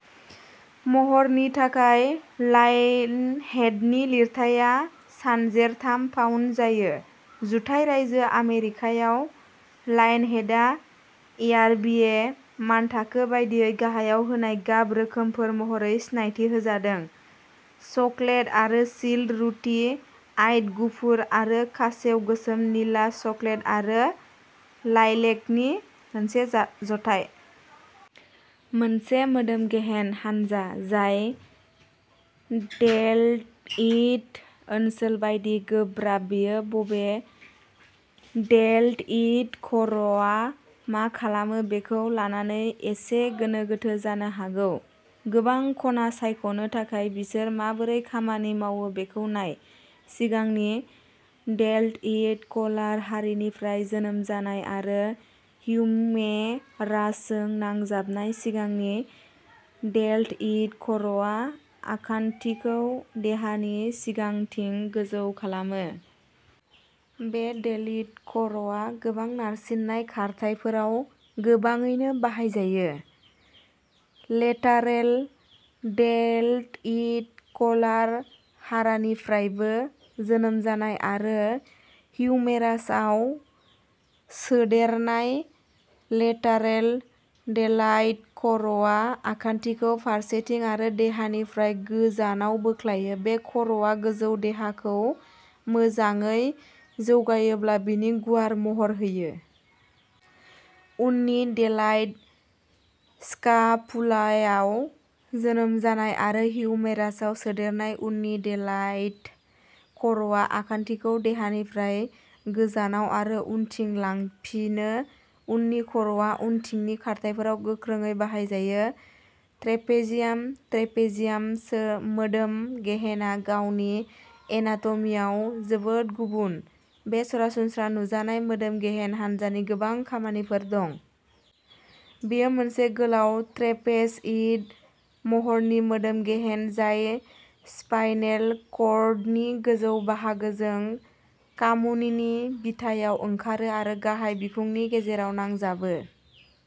महरनि थाखाय, लायनहेडनि लिरथाया सानजेर थाम पाउन्द जायो। जुथाइ रायजो आमेरिकायाव, लायनहेडआ, एआरबिए मानथाखो बायदियै, गाहायाव होनाय गाब/रोखोमफोर महरै सिनायथि होजादोंः चकलेट आरो सील, रुबि आइड गुफुर आरो खासेव, गोसोम, निला, चकलेट आरो लाइलेकनि मोनसे जथाय। मोनसे मोदोम-गेहेन हानजा जाय डेलटइड ओनसोल बायदि गोब्राब, बेयो बबे डेलटइड खर'आ मा खालामो बेखौ लानानै एसे गोनो-गोथो जानो हागौ। गोबां खना सायख'नो थाखाय बिसोर माबोरै खामानि मावो बेखौ नाय। सिगांनि डेलटइडः कलार हारानिफ्राय जोनोम जानाय आरो हिउमेरासजों नांजाबनाय, सिगांनि डेलटइड खर'आ आखान्थिखौ देहानि सिगांथिं गोजौ खालामो। बे डेलटइड खर'आ गोबां नारसिननाय खारथाइफोराव गोबाङैनो बाहायजायो। लेटारेल डेलटइडः कलार हारानिफ्रायबो जोनोम जानाय आरो ह्यूमेरासआव सोदेरनाय, लेटारेल डेलटइड खर'आ आखान्थिखौ फारसेथिं आरो देहानिफ्राय गोजानाव बोख्लायो। बे खर'आ गोजौ देहाखौ मोजाङै जौगायोब्ला बिनि गुवार महर होयो। उननि डेलटइडः स्कापुलायाव जोनोम जानाय आरो ह्यूमेरासआव सोदेरनाय, उननि डेलटइड खर'आ आखान्थिखौ देहानिफ्राय गोजानाव आरो उनथिं लांफिनो। उननि खर'आ उनथिंनि खारथाइफोराव गोख्रोङै बाहायजायो। ट्रेपेजियाम ट्रेपेजियामसो मोदोम गेहेनआ गावनि एनाटमीआव जोबोद गुबुन। बे सरासनस्रा नुजानाय मोदोम गेहेन हान्जानि गोबां खामानिफोर दं। बेयो मोनसे गोलाव, ट्रेपेजइड महरनि मोदोम गेहेन जाय स्पाइनेल कर्डनि गोजौ बाहागोजों खामुनिनि बिथायाव ओंखारो आरो गाहाय बिखुंनि गेजेराव नांजाबो।